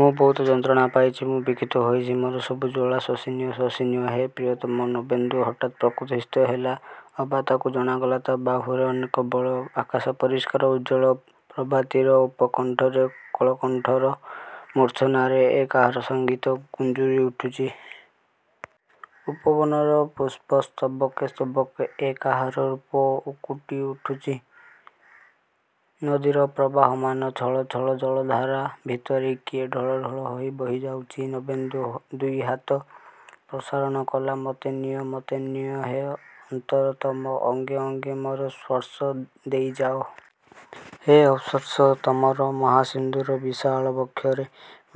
"ମୁଁ ବହୁତ ଯନ୍ତ୍ରଣା ପାଇଚି, ମୁଁ ବିକ୍ଷିତ ହୋଇଚି। ମୋର ସବୁ ଜ୍ଵାଳା ଶୋଷିନିଅ, ଶୋଷିନିଅ, ହେ ପ୍ରିୟତମ।"ନବେନ୍ଦୁ ହଠାତ୍ ପ୍ରକୃତିସ୍ଥ ହେଲା ଅବା, ତାକୁ ଜଣାଗଲା ତା' ବାହୁରେ ଅନେକ ବଳ! ଆକାଶ ପରିଷ୍କାର, ଉଜ୍ଜ୍ୱଳ। ପ୍ରଭାତୀର ଉପକଣ୍ଠରେ କଳକଣ୍ଠର ମୂର୍ଚ୍ଛନାରେ ଏ କାହାର ସଂଗୀତ ଗୁଞ୍ଜୁରି ଉଠୁଚି? ଉପବନର ପୁଷ୍ପ ସ୍ତବକେ ସ୍ତବକେ ଏ କାହାର ରୂପ ଉକୁଟି ଉଠୁଚି? ନଦୀର ପ୍ରବାହମାନ ଛଳ ଛଳ ଜଳାଧାର ଭିତରେ କିଏ ଢଳ ଢଳ ହୋଇ ବହିଯାଉଚି? ନବେନ୍ଦୁ ଦୁଇହାତ ପ୍ରସାରଣ କଲା, "ମତେ ନିଅ, ମତେ ନିଅ ହେ ଅନ୍ତରତମ। ଅଙ୍ଗେ ଅଙ୍ଗେ ମୋର ସ୍ପର୍ଶ ଦେଇଯାଅ। ହେ ଅସ୍ପର୍ଶ! ତମର ମହାସିନ୍ଧୁର ବିଶାଳ ବକ୍ଷରେ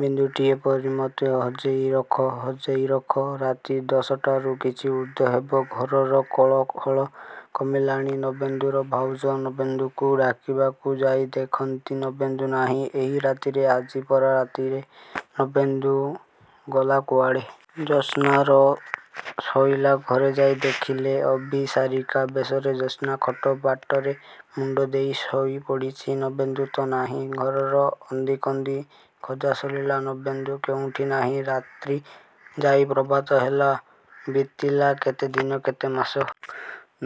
ବିନ୍ଦୁଟିଏ ପରି ମତେ ହଜେଇ ରଖ, ହଜେଇ ରଖ!"ରାତି ଦଶଟାରୁ କିଛି ଊର୍ଦ୍ଧ୍ଵ ହେବ! ଘରର କୋଳହଳ କମିଲାଣି। ନବେନ୍ଦୁର ଭାଉଜ, ନବେନ୍ଦୁକୁ ଡାକିବାକୁ ଯାଇ ଦେଖନ୍ତି, ନବେନ୍ଦୁ ନାହିଁ। ଏଇ ରାତିରେ, ଆଜି ପରା ରାତିରେ ନବେନ୍ଦୁ ଗଲା କୁଆଡ଼େ? ଜ୍ୟୋତ୍ସ୍ନାର ଶୋଇଲା ଘରେ ଯାଇ ଦେଖିଲେ, ଅଭିସାରିକା ବେଶରେ ଜ୍ୟୋତ୍ସ୍ନା ଖଟ ବାଟରେ ମୁଣ୍ଡ ଦେଇ ଶୋଇ ପଡ଼ିଚି। ନବେନ୍ଦୁ ତ ନାହିଁ। ଘରର ଅନ୍ଦିକନ୍ଦି ଖୋଜା ସରିଲା। ନବେନ୍ଦୁ କେଉଁଠି ନାହିଁ। ରାତ୍ରି ଯାଇ ପ୍ରଭାତ ହେଲା। ବିତିଲା କେତେ ଦିନ, କେତେ ମାସ!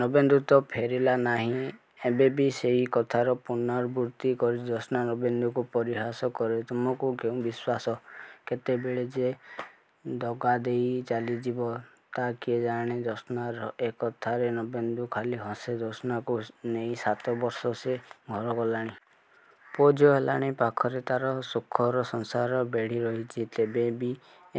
ନବେନ୍ଦୁ ତ ଫେରିଲା ନାହିଁ? ଏବେ ବି ସେହି କଥାର ପୁନରବୃତ୍ତି କରି ଜ୍ୟୋତ୍ସ୍ନା ନବେନ୍ଦୁକୁ ପରିହାସ କରେ, "ତମକୁ କେଉଁ ବିଶ୍ୱାସ? କେତେବେଳେ ଯେ ଦଗାଦେଇ ଚାଲିଯିବ, ତା' କିଏ ଜାଣେ?"ଜ୍ୟୋତ୍ସ୍ନାର ଏ କଥାରେ ନବେନ୍ଦୁ ଖାଲି ହସେ। ଜ୍ୟୋତ୍ସ୍ନାକୁ ନେଇ ସାତ ବର୍ଷ ସେ ଘର କଲାଣି! ପୁଅ ଝିଅ ହେଲାଣି। ପାଖରେ ତାର ସୁଖର ସଂସାର ବେଢ଼ି ରହିଛି। ତେବେ ବି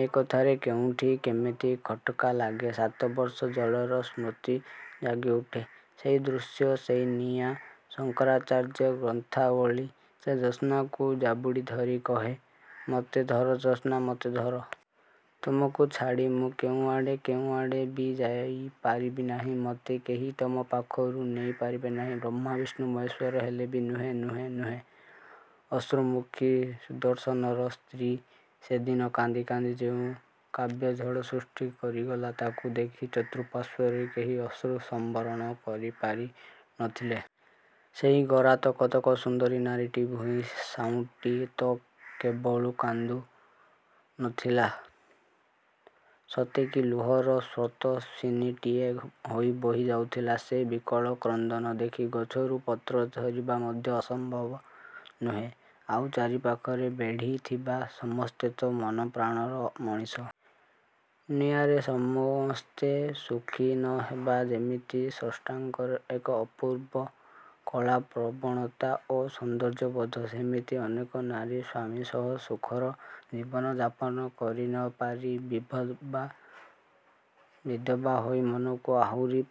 ଏ କଥାରେ କେଉଁଠି କେମିତି ଖଟ୍‌କା ଲାଗେ। ସାତବର୍ଷ ଜଳର ସ୍ମୃତି ଜାଗିଉଠେ। ସେଇ ଦୃଶ୍ୟ, ସେଇ ନିଆଁ, ଶଙ୍କରାଚାର୍ଯ୍ୟ ଗ୍ରନ୍ଥାବଳୀ। ସେ ଜ୍ୟୋତ୍ସ୍ନାକୁ ଜାବୁଡ଼ିଧରି କହେ, "ମତେ ଧର ଜ୍ୟୋତ୍ସ୍ନା, ମତେ ଧର! ତମକୁ ଛାଡ଼ି ମୁଁ କେଉଁଆଡ଼େ, କେଉଁଆଡ଼େ ବି ଯାଇପାରିବି ନାହିଁ। ମତେ କେହି ତମ ପାଖରୁ ନେଇ ପାରିବେ ନାହିଁ। ବ୍ରହ୍ମା, ବିଷ୍ଣୁ, ମହେଶ୍ୱର ହେଲେ ବି ନୁହେଁ, ନୁହେଁ, ନୁହେଁ!" ଅଶ୍ରୁମୁଖୀ ସୁଦର୍ଶନର ସ୍ତ୍ରୀ ସେଦିନ କାନ୍ଦି କାନ୍ଦି ଯେଉଁ କାବ୍ୟଝଡ଼ ସୃଷ୍ଟି କରିଗଲା, ତାକୁ ଦେଖି ଚତୁଃପାର୍ଶ୍ୱରେ କେହି ଅଶ୍ରୁ ସମ୍ଭରଣ କରିପାରି ନ ଥିଲେ। ସେଇ ଗୋରା ତକ ତକ ସୁନ୍ଦରୀ ନାରୀଟି ଭୂଇଁ ସାଉଁଟି ତ କେବଳୁ କାନ୍ଦୁ ନଥିଲା, ସତେ କି ଲୁହର ସ୍ରୋତସ୍ୱିନୀଟିଏ ହୋଇ ବହିଯାଉଥିଲା। ସେ ବିକଳ କ୍ରନ୍ଦନ ଦେଖି ଗଛରୁ ପତ୍ର ଝରିବା ମଧ୍ୟ ଅସମ୍ଭବ ନୁହେଁ, ଆଉ ଚାରି ପାଖରେ ବେଢ଼ିଥିବା ସମସ୍ତେ ତ ମନପ୍ରାଣର ମଣିଷ। ନିଆରେ ସମସ୍ତେ ସୁଖୀ ନ ହେବା ଯେମିତି ସ୍ରଷ୍ଟାଙ୍କର ଏକ ଅପୂର୍ବ କଳା ପ୍ରବଣତା ଓ ସୌନ୍ଦର୍ଯ୍ୟବୋଧ, ସେମିତି ଅନେକ ନାରୀ ସ୍ଵାମୀ ସହ ସୁଖର ଜୀବନଯାପନ କରି ନ ପାରି, ବିଭବା ବିଧବା ହୋଇ, ମନକୁ ଆହୁରି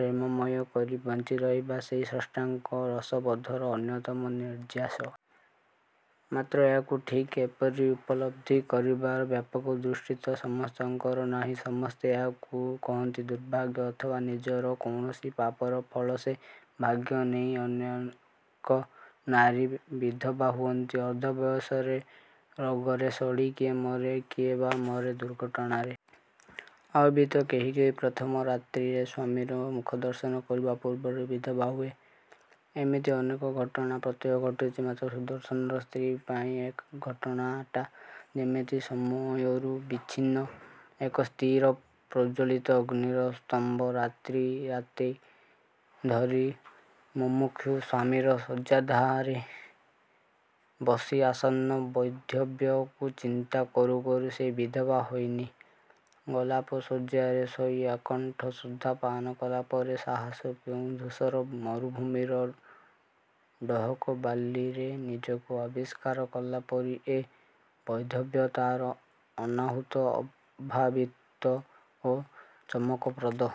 ପ୍ରେମମୟ କରି ବଞ୍ଚିରହିବା ସେଇ ସ୍ରଷ୍ଟାଙ୍କର ରସବୋଧର ଅନ୍ୟତମ ନିର୍ଯ୍ୟାସ। ମାତ୍ର ଏହାକୁ ଠିକ୍ ଏପରି ଉପଲବ୍ଧି କରିବାର ବ୍ୟାପକ ଦୃଷ୍ଟି ତ ସମସ୍ତଙ୍କର ନାହିଁ! ସମସ୍ତେ ଏହାକୁ କହନ୍ତି ଦୁର୍ଭାଗ୍ୟ। ଅଥବା ନିଜର କୌଣସି ପାପର ଫଳ ସେ ଭାଗ୍ୟ ନେଇ ଅନେକ ନାରୀ ବିଧବା ହୁଅନ୍ତି। ଅର୍ଦ୍ଧ ବୟସରେ, ରୋଗରେ ସଢ଼ି କିଏ ମରେ, କିଏ ବା ମରେ ଦୁର୍ଘଟଣାରେ। ଆଉ ବି ତ କେହି କେହି ପ୍ରଥମ ରାତ୍ରିରେ, ସ୍ୱାମୀର ମୁଖଦର୍ଶନ କରିବା ପୂର୍ବରୁ ବିଧବା ହୁଏ। ଏମିତି ଅନେକ ଘଟଣା ପ୍ରତ୍ୟହ ଘଟୁଛି। ମାତ୍ର ସୁଦର୍ଶନର ସ୍ତ୍ରୀ ପାଇଁ ଏ ଘଟଣାଟା ଯେମିତି ସମୟରୁ ବିଚ୍ଛିନ୍ନ। ଏକ ସ୍ଥିର, ପ୍ରଜ୍ଜ୍ୱଳିତ ଅଗ୍ନିର ସ୍ତମ୍ଭ। ରାତ୍ରି ରାତି ଧରି ମୁମୂକ୍ଷୁ ସ୍ୱାମୀର ଶଯ୍ୟାଧାରେ ବସି, ଆସନ୍ନ ବୈଧବ୍ୟକୁ ଚିନ୍ତା କରୁ କରୁ ସେ ବିଧବା ହୋଇନି, ଗୋଲାପଶଯ୍ୟାରେ ଶୋଇ, ଆକଣ୍ଠ ସୁଧା ପାନ କଲା ପରେ, ସାହସ, କେଉଁ ଧୂସର ମରୁଭୂମିର ଡହକ ବାଲିରେ ନିଜକୁ ଆବିଷ୍କାର କଲା ପରି ଏ ବୈଧବ୍ୟ ତାର ଅନାହୂତ, ଅଭାବିତ ଓ ଚମକପ୍ରଦ।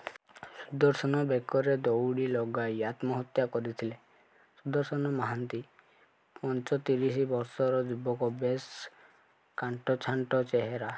ସୁଦର୍ଶନ ବେକରେ ଦଉଡ଼ି ଲଗାଇ ଆତ୍ମହତ୍ୟା କରିଥିଲେ। ସୁଦର୍ଶନ ମହାନ୍ତି, ପଞ୍ଚତିରିଶି ବର୍ଷର ଯୁବକ। ବେଶ୍ କାଣ୍ଟ ଛାଣ୍ଟ ଚେହେରା।